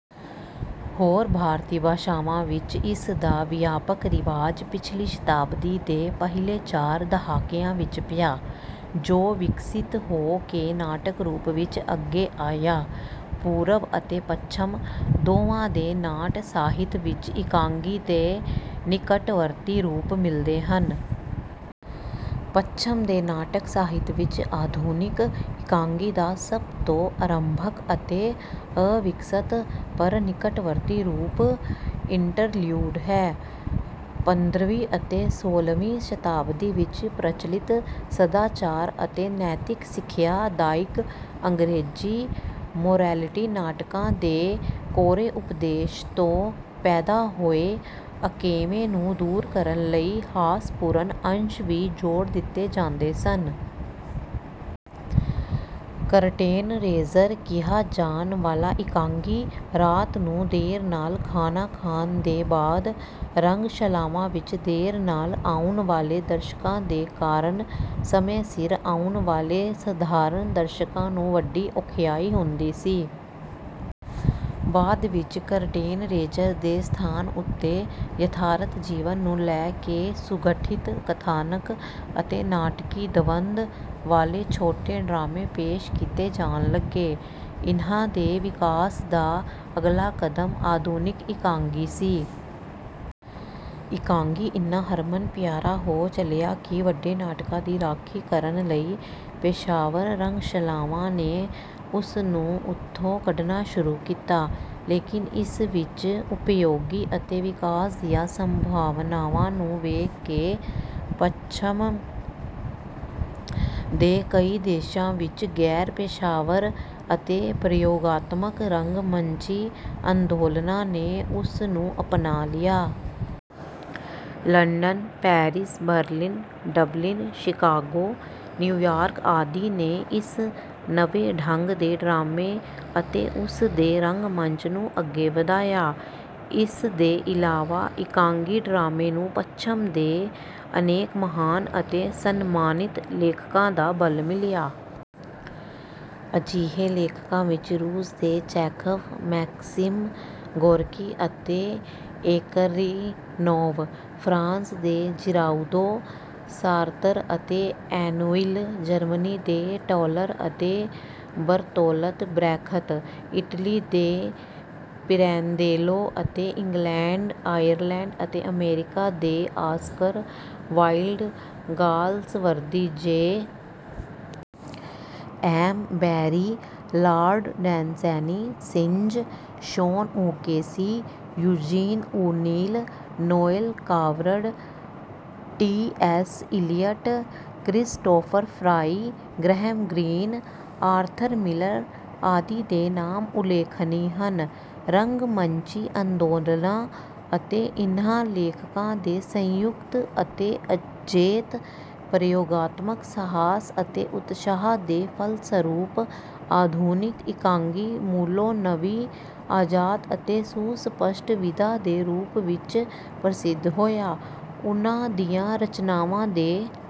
ਹੋਰ ਭਾਰਤੀ ਭਾਸ਼ਾਵਾਂ ਵਿੱਚ ਇਸ ਦਾ ਵਿਆਪਕ ਰਿਵਾਜ ਪਿਛਲੀ ਸ਼ਤਾਬਦੀ ਦੇ ਪਹਿਲੇ ਚਾਰ ਦਹਾਕਿਆਂ ਵਿੱਚ ਪਿਆ, ਜੋ ਵਿਕਸਿਤ ਹੋ ਕੇ ਨਾਟਕ ਰੂਪ ਵਿੱਚ ਅੱਗੇ ਆਇਆ। ਪੂਰਬ ਅਤੇ ਪੱਛਮ ਦੋਵਾਂ ਦੇ ਨਾਟ ਸਾਹਿਤ ਵਿੱਚ ਇਕਾਂਗੀ ਦੇ ਨਿਕਟਵਰਤੀ ਰੂਪ ਮਿਲਦੇ ਹਨ। ਪੱਛਮ ਦੇ ਨਾਟਕ ਸਾਹਿਤ ਵਿੱਚ ਆਧੁਨਿਕ ਇਕਾਂਗੀ ਦਾ ਸਭ ਤੋਂ ਅਰੰਭਕ ਅਤੇ ਅਵਿਕਸਤ ਪਰ ਨਿਕਟਵਰਤੀ ਰੂਪ ਇੰਟਰਲਿਊਡ ਹੈ। ਪੰਦਰਵੀਂ ਅਤੇ ਸੋਲ੍ਹਵੀਂ ਸ਼ਤਾਬਦੀ ਵਿੱਚ ਪ੍ਰਚਲਿਤ ਸਦਾਚਾਰ ਅਤੇ ਨੈਤਿਕ ਸਿੱਖਿਆ ਦਾਇਕ ਅੰਗਰੇਜ਼ੀ ਮੋਰੈਲਿਟੀ ਨਾਟਕਾਂ ਦੇ ਕੋਰੇ ਉਪਦੇਸ਼ ਤੋਂ ਪੈਦਾ ਹੋਏ ਅਕੇਵੇਂ ਨੂੰ ਦੂਰ ਕਰਨ ਲਈ ਹਾਸਪੂਰਨ ਅੰਸ਼ ਵੀ ਜੋੜ ਦਿੱਤੇ ਜਾਂਦੇ ਸਨ। ਕਰਟੇਨ ਰੇਜ਼ਰ ਕਿਹਾ ਜਾਣ ਵਾਲਾ ਇਕਾਂਗੀ ਰਾਤ ਨੂੰ ਦੇਰ ਨਾਲ ਖਾਣਾ ਖਾਣ ਦੇ ਬਾਅਦ ਰੰਗਸ਼ਾਲਾਵਾਂ ਵਿੱਚ ਦੇਰ ਨਾਲ ਆਉਣ ਵਾਲੇ ਦਰਸ਼ਕਾਂ ਦੇ ਕਾਰਨ ਸਮੇਂ ਸਿਰ ਆਉਣ ਵਾਲੇ ਸਧਾਰਨ ਦਰਸ਼ਕਾਂ ਨੂੰ ਵੱਡੀ ਔਖਿਆਈ ਹੁੰਦੀ ਸੀ। ਬਾਅਦ ਵਿੱਚ ਕਰਟੇਨ ਰੇਜ਼ਰ ਦੇ ਸਥਾਨ ਉੱਤੇ ਯਥਾਰਥ ਜੀਵਨ ਨੂੰ ਲੈ ਕੇ ਸੁਗਠਿਤ ਕਥਾਨਕ ਅਤੇ ਨਾਟਕੀ ਦਵੰਦ ਵਾਲੇ ਛੋਟੇ ਡਰਾਮੇ ਪੇਸ਼ ਕੀਤੇ ਜਾਣ ਲੱਗੇ। ਇਨ੍ਹਾਂ ਦੇ ਵਿਕਾਸ ਦਾ ਅਗਲਾ ਕਦਮ ਆਧੁਨਿਕ ਇਕਾਂਗੀ ਸੀ। ਇਕਾਂਗੀ ਇੰਨਾ ਹਰਮਨ ਪਿਆਰਾ ਹੋ ਚਲਿਆ ਕਿ ਵੱਡੇ ਨਾਟਕਾਂ ਦੀ ਰਾਖੀ ਕਰਨ ਲਈ ਪੇਸ਼ਾਵਰ ਰੰਗਸ਼ਾਲਾਵਾਂ ਨੇ ਉਸ ਨੂੰ ਉੱਥੋਂ ਕੱਢਣਾ ਸ਼ੁਰੂ ਕੀਤਾ। ਲੇਕਿਨ ਇਸ ਵਿੱਚ ਉਪਯੋਗੀ ਅਤੇ ਵਿਕਾਸ ਦੀਆਂ ਸੰਭਾਵਨਾਵਾਂ ਨੂੰ ਵੇਖ ਕੇ ਪੱਛਮ ਦੇ ਕਈ ਦੇਸ਼ਾਂ ਵਿੱਚ ਗੈਰ ਪੇਸ਼ਾਵਰ ਅਤੇ ਪ੍ਰਯੋਗਾਤਮਕ ਰੰਗ ਮੰਚੀ ਅੰਦੋਲਨਾਂ ਨੇ ਉਸ ਨੂੰ ਅਪਣਾ ਲਿਆ। London, Paris, Berlin, Dublin, Chicago, New York ਆਦਿ ਨੇ ਇਸ ਨਵੇਂ ਢੰਗ ਦੇ ਡਰਾਮੇ ਅਤੇ ਉਸ ਦੇ ਰੰਗ ਮੰਚ ਨੂੰ ਅੱਗੇ ਵਧਾਇਆ। ਇਸ ਦੇ ਇਲਾਵਾ ਇਕਾਂਗੀ ਡਰਾਮੇ ਨੂੰ ਪੱਛਮ ਦੇ ਅਨੇਕ ਮਹਾਨ ਅਤੇ ਸਨਮਾਨਿਤ ਲੇਖਕਾਂ ਦਾ ਬਲ ਮਿਲਿਆ। ਅਜਿਹੇ ਲੇਖਕਾਂ ਵਿੱਚ ਰੂਸ ਦੇ ਚੈਖਵ, ਮੈਕਸਿਮ ਗੋਰਕੀ ਅਤੇ ਏਕਰੀਨੋਵ, ਫਰਾਂਸ ਦੇ ਜਿਰਾਉਦੋ, ਸਾਰਤਰ ਅਤੇ ਐਨੁਇਲ, ਜਰਮਨੀ ਦੇ ਟਾਲਰ ਅਤੇ ਬਰਤੋਲਤ ਬ੍ਰੈਖਤ, ਇਟਲੀ ਦੇ ਪਿਰੈਂਦੇਲੋ ਅਤੇ ਇੰਗਲੈਂਡ, ਆਇਰਲੈਂਡ ਅਤੇ ਅਮੈਰੀਕਾ ਦੇ Oscar Wilde, Galsworthy, J. M. Barrie, Lord Dunsany, Synge, Sean O'Casey, Eugene O'Neill, Noel Coward, T. S. Eliot, Christopher Fry, Graham Greene, Arthur Miller ਆਦਿ ਦੇ ਨਾਮ ਉਲੇਖਣੀ ਹਨ। ਰੰਗ ਮੰਚੀ ਅੰਦੋਲਨਾਂ ਅਤੇ ਇਨ੍ਹਾਂ ਲੇਖਕਾਂ ਦੇ ਸੰਯੁਕਤ ਅਤੇ ਅਜੇਤ ਪ੍ਰਯੋਗਾਤਮਕ ਸਾਹਸ ਅਤੇ ਉਤਸ਼ਾਹ ਦੇ ਫਲਸਰੂਪ ਆਧੁਨਿਕ ਇਕਾਂਗੀ ਮੂਲੋਂ ਨਵੀਂ, ਆਜ਼ਾਦ ਅਤੇ ਸੁਸਪਸ਼ਟ ਵਿਧਾ ਦੇ ਰੂਪ ਵਿੱਚ ਪ੍ਰਸਿੱਧ ਹੋਇਆ। ਉਨ੍ਹਾਂ ਦੀਆਂ ਰਚਨਾਵਾਂ ਦੇ